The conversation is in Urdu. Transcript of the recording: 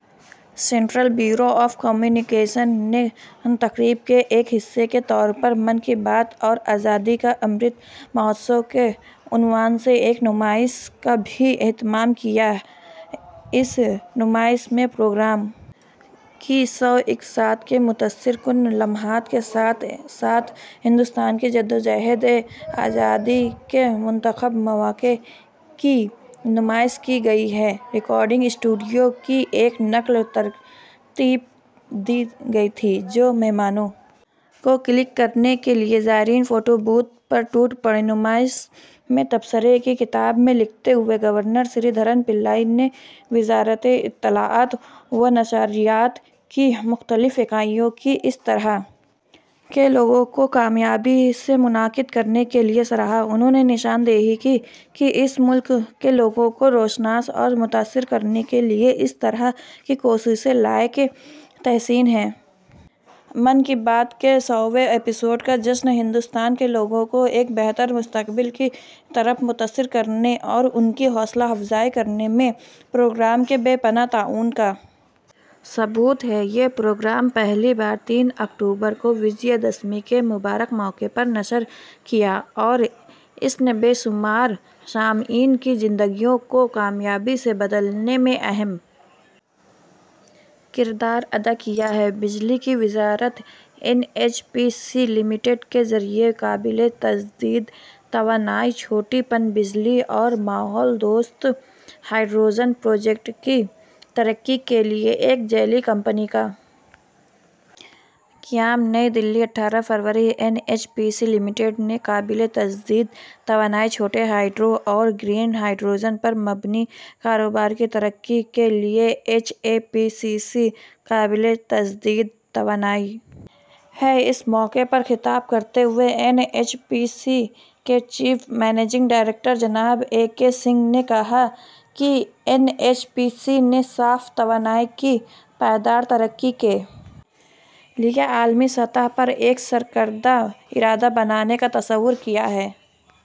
سنٹرل بیورو آف کمیونیکیشن نے تقریب کے ایک حصے کے طور پر من کی بات اور آزادی کا امرت مہوتسو کے عنوان سے ایک نمائش کا بھی اہتمام کیا اس نمائش میں پروگرام کی سو اقساط کے متاثر کن لمحات کے ساتھ ساتھ ہندوستان کی جدوجہد آزادی کے منتخب مواقع کی نمائش کی گئی ہے ریکارڈنگ اسٹوڈیو کی ایک نقل ترتیب دی گئی تھی جو مہمانوں کو کلک کرنے کے لیے زائرین فوٹو بوتھ پر ٹوٹ پڑے نمائش میں تبصرہ کی کتاب میں لکھتے ہوئے گورنر سریدھرن پلئی نے وزارت اطلاعات و نشریات کی مختلف اکائیوں کی اس طرح کے پروگرام کو کامیابی سے منعقد کرنے کے لیے سراہا انہوں نے نشاندہی کی کہ اس ملک کے لوگوں کو روشناس اور متاثر کرنے کے لیے اس طرح کی کوششیں لائق تحسین ہیں من کی بات کے سویں ایپی سوڈ کا جشن ہندوستان کے لوگوں کو ایک بہتر مستقبل کی طرف متاثر کرنے اور ان کی حوصلہ افزائی کرنے میں پروگرام کے بے پناہ تعاون کا ثبوت ہے یہ پروگرام پہلی بار تین اکتوبر کو وجے دشمی کے مبارک موقع پر نشر کیا گیا تھا اور اس نے بے شمار سامعین کی زندگیوں کو کامیابی سے بدلنے میں اہم کردار ادا کیا ہے بجلی کی وزارت N H P C limited کے ذریعہ قابل تجدید توانائی چھوٹی پن بجلی اور ماحول دوست ہائیڈروجن پروجیکٹ کی ترقی کے لیے ایک ذیلی کمپنی کا قیام نئی دہلی اٹھارہ فروری N H P C limited نے قابل تجدید توانائی چھوٹے ہائیڈرو اور گرین ہائیڈروجن پر مبنی کاروبار کی ترقی کے لیے این ایچ پی سی قابل تجدید توانائی ہے اس موقع پر خطاب کرتے ہوئے این ایچ پی سی کے چیف مینیجنگ ڈائریکٹر جناب اے کے سنگھ نے کہا کہ این ایچ پی سی نے صاف توانائی کی پائیدار ترقی کے لیے عالمی سطح پر ایک سرکردہ ادارہ بنانے کا تصور کیا ہے